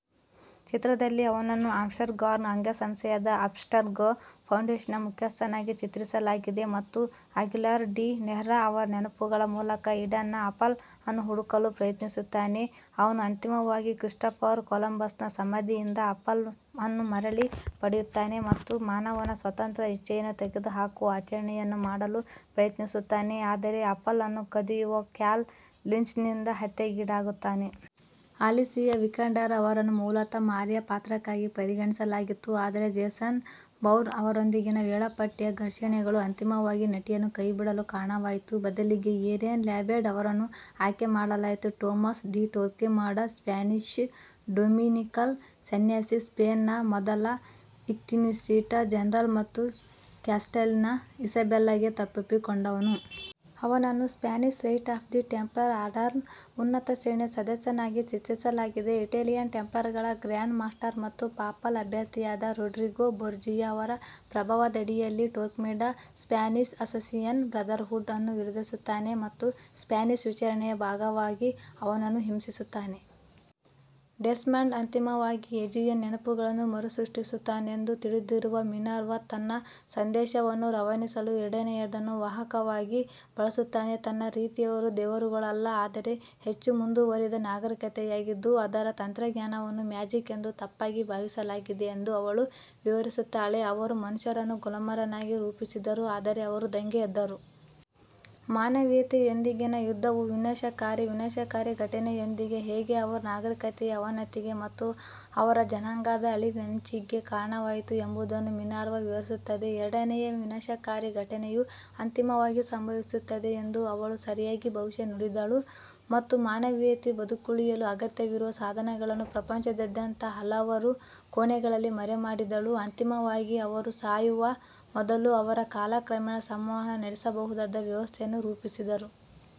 ಚಿತ್ರದಲ್ಲಿ, ಅವನನ್ನು ಅಬ್ಸ್ಟೆರ್ಗೊನ ಅಂಗಸಂಸ್ಥೆಯಾದ ಅಬ್ಸ್ಟೆರ್ಗೊ ಫೌಂಡೇಶನ್ನ ಮುಖ್ಯಸ್ಥನಾಗಿ ಚಿತ್ರಿಸಲಾಗಿದೆ ಮತ್ತು ಅಗ್ಯುಲಾರ್ ಡಿ ನೆರ್ಹಾ ಅವರ ನೆನಪುಗಳ ಮೂಲಕ ಈಡನ್ನ ಆಪಲ್ ಅನ್ನು ಹುಡುಕಲು ಪ್ರಯತ್ನಿಸುತ್ತಾನೆ. ಅವನು ಅಂತಿಮವಾಗಿ ಕ್ರಿಸ್ಟೋಫರ್ ಕೊಲಂಬಸ್ನ ಸಮಾಧಿಯಿಂದ ಆಪಲ್ ಅನ್ನು ಮರಳಿ ಪಡೆಯುತ್ತಾನೆ ಮತ್ತು ಮಾನವನ ಸ್ವತಂತ್ರ ಇಚ್ಛೆಯನ್ನು ತೆಗೆದುಹಾಕುವ ಆಚರಣೆಯನ್ನು ಮಾಡಲು ಪ್ರಯತ್ನಿಸುತ್ತಾನೆ, ಆದರೆ ಆಪಲ್ ಅನ್ನು ಕದಿಯುವ ಕ್ಯಾಲ್ ಲಿಂಚ್ನಿಂದ ಹತ್ಯೆಗೀಡಾಗುತ್ತಾನೆ. ಅಲಿಸಿಯಾ ವಿಕಾಂಡರ್ ಅವರನ್ನು ಮೂಲತಃ ಮಾರಿಯಾ ಪಾತ್ರಕ್ಕಾಗಿ ಪರಿಗಣಿಸಲಾಗಿತ್ತು, ಆದರೆ ಜೇಸನ್ ಬೌರ್ನ್ ಅವರೊಂದಿಗಿನ ವೇಳಾಪಟ್ಟಿಯ ಘರ್ಷಣೆಗಳು ಅಂತಿಮವಾಗಿ ನಟಿಯನ್ನು ಕೈಬಿಡಲು ಕಾರಣವಾಯಿತು, ಬದಲಿಗೆ ಏರಿಯನ್ ಲ್ಯಾಬೆಡ್ ಅವರನ್ನು ಆಯ್ಕೆ ಮಾಡಲಾಯಿತು. Tomas de Torquemada Spanish Dominican ಸನ್ಯಾಸಿ, ಸ್ಪೇನ್ನ ಮೊದಲ ಇನ್ಕ್ವಿಸಿಟರ್ ಜನರಲ್ ಮತ್ತು ಕ್ಯಾಸ್ಟೈಲ್ನ ಇಸಾಬೆಲ್ಲಾ ಗೆ ತಪ್ಪೊಪ್ಪಿಕೊಂಡವನು. ಅವನನ್ನು Spanish rite of the Templar ಆರ್ಡರ್ನ ಉನ್ನತ ಶ್ರೇಣಿಯ ಸದಸ್ಯನಾಗಿ ಚಿತ್ರಿಸಲಾಗಿದೆ. ಇಟಾಲಿಯನ್ ಟೆಂಪ್ಲರ್ಗಳ ಗ್ರ್ಯಾಂಡ್ ಮಾಸ್ಟರ್ ಮತ್ತು ಪಾಪಲ್ ಅಭ್ಯರ್ಥಿಯಾದ ರೋಡ್ರಿಗೋ ಬೋರ್ಜಿಯಾ ಅವರ ಪ್ರಭಾವದಡಿಯಲ್ಲಿ, ಟೋರ್ಕ್ಮೆಡಾ ಸ್ಪ್ಯಾನಿಷ್ ಅಸ್ಸಾಸಿನ್ ಬ್ರದರ್ಹುಡ್ ಅನ್ನು ವಿರೋಧಿಸುತ್ತಾನೆ ಮತ್ತು ಸ್ಪ್ಯಾನಿಷ್ ವಿಚಾರಣೆಯ ಭಾಗವಾಗಿ ಅವರನ್ನು ಹಿಂಸಿಸುತ್ತಾನೆ. ಡೆಸ್ಮಂಡ್ ಅಂತಿಮವಾಗಿ ಎಜಿಯೋನ ನೆನಪುಗಳನ್ನು ಮರುಸೃಷ್ಟಿಸುತ್ತಾನೆಂದು ತಿಳಿದಿರುವ ಮಿನರ್ವಾ, ತನ್ನ ಸಂದೇಶವನ್ನು ರವಾನಿಸಲು ಎರಡನೆಯದನ್ನು ವಾಹಕವಾಗಿ ಬಳಸುತ್ತಾನೆ. ತನ್ನ ರೀತಿಯವರು ದೇವರುಗಳಲ್ಲ, ಆದರೆ ಹೆಚ್ಚು ಮುಂದುವರಿದ ನಾಗರಿಕತೆಯಾಗಿದ್ದು, ಅದರ ತಂತ್ರಜ್ಞಾನವನ್ನು ಮ್ಯಾಜಿಕ್ ಎಂದು ತಪ್ಪಾಗಿ ಭಾವಿಸಲಾಗಿದೆ ಎಂದು ಅವಳು ವಿವರಿಸುತ್ತಾಳೆ. ಅವರು ಮನುಷ್ಯರನ್ನು ಗುಲಾಮರನ್ನಾಗಿ ರೂಪಿಸಿದರು, ಆದರೆ ಅವರು ದಂಗೆ ಎದ್ದರು. ಮಾನವೀಯತೆಯೊಂದಿಗಿನ ಯುದ್ಧವು ವಿನಾಶಕಾರಿ ವಿನಾಶಕಾರಿ ಘಟನೆಯೊಂದಿಗೆ ಹೇಗೆ ಅವರ ನಾಗರಿಕತೆಯ ಅವನತಿಗೆ ಮತ್ತು ಅವರ ಜನಾಂಗದ ಅಳಿವಿನಂಚಿಗೆ ಕಾರಣವಾಯಿತು ಎಂಬುದನ್ನು ಮಿನರ್ವಾ ವಿವರಿಸುತ್ತದೆ. ಎರಡನೆಯ ವಿನಾಶಕಾರಿ ಘಟನೆಯು ಅಂತಿಮವಾಗಿ ಸಂಭವಿಸುತ್ತದೆ ಎಂದು ಅವಳು ಸರಿಯಾಗಿ ಭವಿಷ್ಯ ನುಡಿದಿದ್ದಳು, ಮತ್ತು ಮಾನವೀಯತೆಯು ಬದುಕುಳಿಯಲು ಅಗತ್ಯವಿರುವ ಸಾಧನಗಳನ್ನು ಪ್ರಪಂಚದಾದ್ಯಂತ ಹಲವಾರು ಕೋಣೆಗಳಲ್ಲಿ ಮರೆಮಾಡಿದಳು, ಅಂತಿಮವಾಗಿ ಅವರು ಸಾಯುವ ಮೊದಲು ಅವರು ಕಾಲಕ್ರಮೇಣ ಸಂವಹನ ನಡೆಸಬಹುದಾದ ವ್ಯವಸ್ಥೆಯನ್ನು ರೂಪಿಸಿದರು.